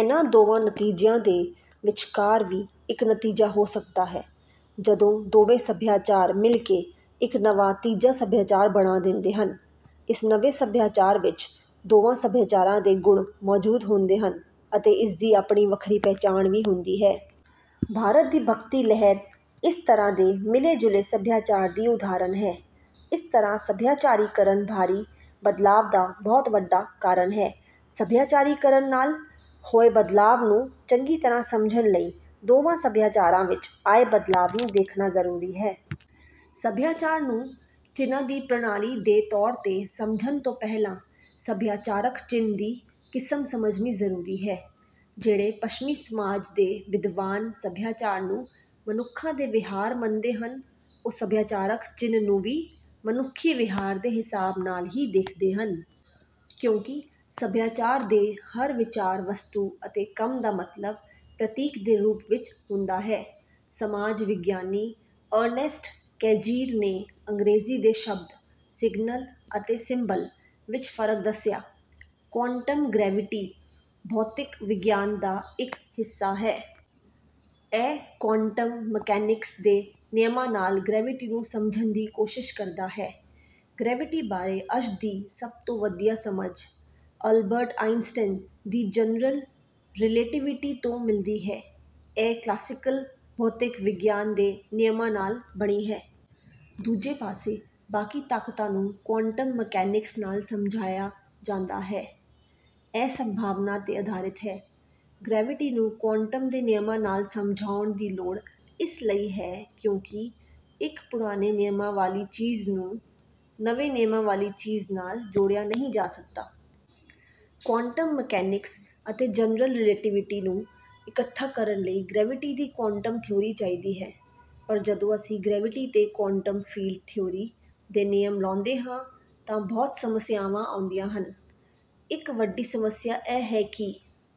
ਇਨ੍ਹਾਂ ਦੋਵਾਂ ਨਤੀਜਿਆਂ ਦੇ ਵਿਚਕਾਰ ਵੀ ਇੱਕ ਨਤੀਜਾ ਹੋ ਸਕਦਾ ਹੈ। ਜਦੋਂ ਦੋਵੇਂ ਸਭਿਆਚਾਰ ਮਿਲ ਕੇ ਇੱਕ ਨਵਾਂ ਤੀਜਾ ਸਭਿਆਚਾਰ ਬਣਾ ਦਿੰਦੇ ਹਨ। ਇਸ ਨਵੇਂ ਸਭਿਆਚਾਰ ਵਿੱਚ ਦੋਵਾਂ ਸਭਿਆਚਾਰਾਂ ਦੇ ਗੁਣ ਮੌਜੂਦ ਹੁੰਦੇ ਹਨ ਅਤੇ ਇਸਦੀ ਆਪਣੀ ਵੱਖਰੀ ਪਛਾਣ ਵੀ ਹੁੰਦੀ ਹੈ। ਭਾਰਤ ਦੀ ਭਗਤੀ ਲਹਿਰ ਇਸ ਤਰ੍ਹਾਂ ਦੇ ਮਿਲੇ ਜੁਲੇ ਸਭਿਆਚਾਰ ਦੀ ਉਦਾਹਰਨ ਹੈ। ਇਸ ਤਰ੍ਹਾਂ ਸੱਭਿਆਚਾਰੀਕਰਨ ਬਾਹਰੀ ਬਦਲਾਅ ਦਾ ਬਹੁਤ ਵੱਡਾ ਕਾਰਨ ਹੈ। ਸੱਭਿਆਚਾਰੀਕਰਨ ਨਾਲ ਹੋਏ ਬਦਲਾਅ ਨੂੰ ਚੰਗੀ ਤਰ੍ਹਾਂ ਸਮਝਣ ਲਈ ਦੋਵਾਂ ਸਭਿਆਚਾਰਾਂ ਵਿੱਚ ਆਏ ਬਦਲਾਅ ਨੂੰ ਦੇਖਣਾ ਜ਼ਰੂਰੀ ਹੈ। ਸਭਿਆਚਾਰ ਨੂੰ ਚਿੰਨ੍ਹਾਂ ਦੀ ਪ੍ਰਣਾਲੀ ਦੇ ਤੌਰ ਤੇ ਸਮਝਣ ਤੋਂ ਪਹਿਲਾਂ ਸਭਿਆਚਾਰਕ ਚਿੰਨ੍ਹ ਦੀ ਕਿਸਮ ਸਮਝਣੀ ਜ਼ਰੂਰੀ ਹੈ। ਜਿਹੜੇ ਪੱਛਮੀ ਸਮਾਜ ਦੇ ਵਿਦਵਾਨ ਸਭਿਆਚਾਰ ਨੂੰ ਮਨੁੱਖਾਂ ਦੇ ਵਿਹਾਰ ਮੰਨਦੇ ਹਨ ਉਹ ਸਭਿਆਚਾਰਕ ਚਿੰਨ੍ਹ ਨੂੰ ਵੀ ਮਨੁੱਖੀ ਵਿਹਾਰ ਦੇ ਹਿਸਾਬ ਨਾਲ ਹੀ ਦੇਖਦੇ ਹਨ। ਕਿਉਂਕਿ ਸਭਿਆਚਾਰ ਦੇ ਹਰ ਵਿਚਾਰ ਵਸਤੂ ਅਤੇ ਕੰਮ ਦਾ ਮਤਲਬ ਪ੍ਰਤੀਕ ਦੇ ਰੂਪ ਵਿੱਚ ਹੁੰਦਾ ਹੈ। ਸਮਾਜ ਵਿਗਿਆਨੀ ਅਰਨੈਸਟ ਕੈਜ਼ੀਰ ਨੇ ਅੰਗਰੇਜ਼ੀ ਦੇ ਸ਼ਬਦ ਸਿਗਨਲ ਅਤੇ ਸਿੰਬਲ ਵਿੱਚ ਫਰਕ ਦੱਸਿਆ। ਕੁਆਂਟਮ ਗਰੈਵਿਟੀ ਭੌਤਿਕ ਵਿਗਿਆਨ ਦਾ ਇੱਕ ਹਿੱਸਾ ਹੈ। ਇਹ ਕੁਆਂਟਮ ਮਕੈਨਿਕਸ ਦੇ ਨਿਯਮਾਂ ਨਾਲ ਗਰੈਵਿਟੀ ਨੂੰ ਸਮਝਣ ਦੀ ਕੋਸ਼ਿਸ਼ ਕਰਦਾ ਹੈ। ਗਰੈਵਿਟੀ ਬਾਰੇ ਅੱਜ ਦੀ ਸਭ ਤੋਂ ਵਧੀਆ ਸਮਝ ਅਲਬਰਟ ਆਈਨਸਟਾਈਨ ਦੀ ਜਨਰਲ ਰਿਲੇਟੀਵਿਟੀ ਤੋਂ ਮਿਲਦੀ ਹੈ। ਇਹ ਕਲਾਸੀਕਲ ਭੌਤਿਕ ਵਿਗਿਆਨ ਦੇ ਨਿਯਮਾਂ ਨਾਲ ਬਣੀ ਹੈ। ਦੂਜੇ ਪਾਸੇ ਬਾਕੀ ਤਾਕਤਾਂ ਨੂੰ ਕੁਆਂਟਮ ਮਕੈਨਿਕਸ ਨਾਲ ਸਮਝਾਇਆ ਜਾਂਦਾ ਹੈ। ਇਹ ਸੰਭਾਵਨਾ ਤੇ ਆਧਾਰਿਤ ਹੈ। ਗਰੈਵਿਟੀ ਨੂੰ ਕੁਆਂਟਮ ਦੇ ਨਿਯਮਾਂ ਨਾਲ ਸਮਝਾਉਣ ਦੀ ਲੋੜ ਇਸ ਲਈ ਹੈ ਕਿਉਂਕਿ ਇੱਕ ਪੁਰਾਣੇ ਨਿਯਮਾਂ ਵਾਲੀ ਚੀਜ਼ ਨੂੰ ਨਵੇਂ ਨਿਯਮਾਂ ਵਾਲੀ ਚੀਜ਼ ਨਾਲ ਜੋੜਿਆ ਨਹੀਂ ਜਾ ਸਕਦਾ। ਕੁਆਂਟਮ ਮਕੈਨਿਕਸ ਅਤੇ ਜਨਰਲ ਰਿਲੇਟੀਵਿਟੀ ਨੂੰ ਇਕੱਠਾ ਕਰਨ ਲਈ ਗਰੈਵਿਟੀ ਦੀ ਕੁਆਂਟਮ ਥਿਊਰੀ ਚਾਹੀਦੀ ਹੈ। ਪਰ ਜਦੋਂ ਅਸੀਂ ਗਰੈਵਿਟੀ ਤੇ ਕੁਆਂਟਮ ਫੀਲਡ ਥਿਊਰੀ ਦੇ ਨਿਯਮ ਲਾਉਂਦੇ ਹਾਂ ਤਾਂ ਬਹੁਤ ਸਮੱਸਿਆਵਾਂ ਆਉਂਦੀਆਂ ਹਨ। ਇੱਕ ਵੱਡੀ ਸਮੱਸਿਆ ਇਹ ਹੈ ਕਿ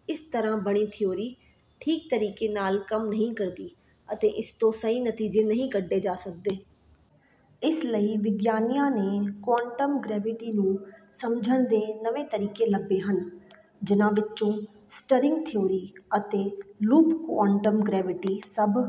ਇਸ ਤਰ੍ਹਾਂ ਬਣੀ ਥਿਊਰੀ ਠੀਕ ਤਰੀਕੇ ਨਾਲ ਕੰਮ ਨਹੀਂ ਕਰਦੀ ਅਤੇ ਇਸ ਤੋਂ ਸਹੀ ਨਤੀਜੇ ਨਹੀਂ ਕੱਢੇ ਜਾ ਸਕਦੇ। ਇਸ ਲਈ ਵਿਗਿਆਨੀਆਂ ਨੇ ਕੁਆਂਟਮ ਗਰੈਵਿਟੀ ਨੂੰ ਸਮਝਣ ਦੇ ਨਵੇਂ ਤਰੀਕੇ ਲੱਭੇ ਹਨ। ਜਿਨ੍ਹਾਂ ਵਿੱਚੋਂ ਸਟਰਿੰਗ ਥਿਊਰੀ ਅਤੇ ਲੂਪ ਕੁਆਂਟਮ ਗਰੈਵਿਟੀ ਸਭ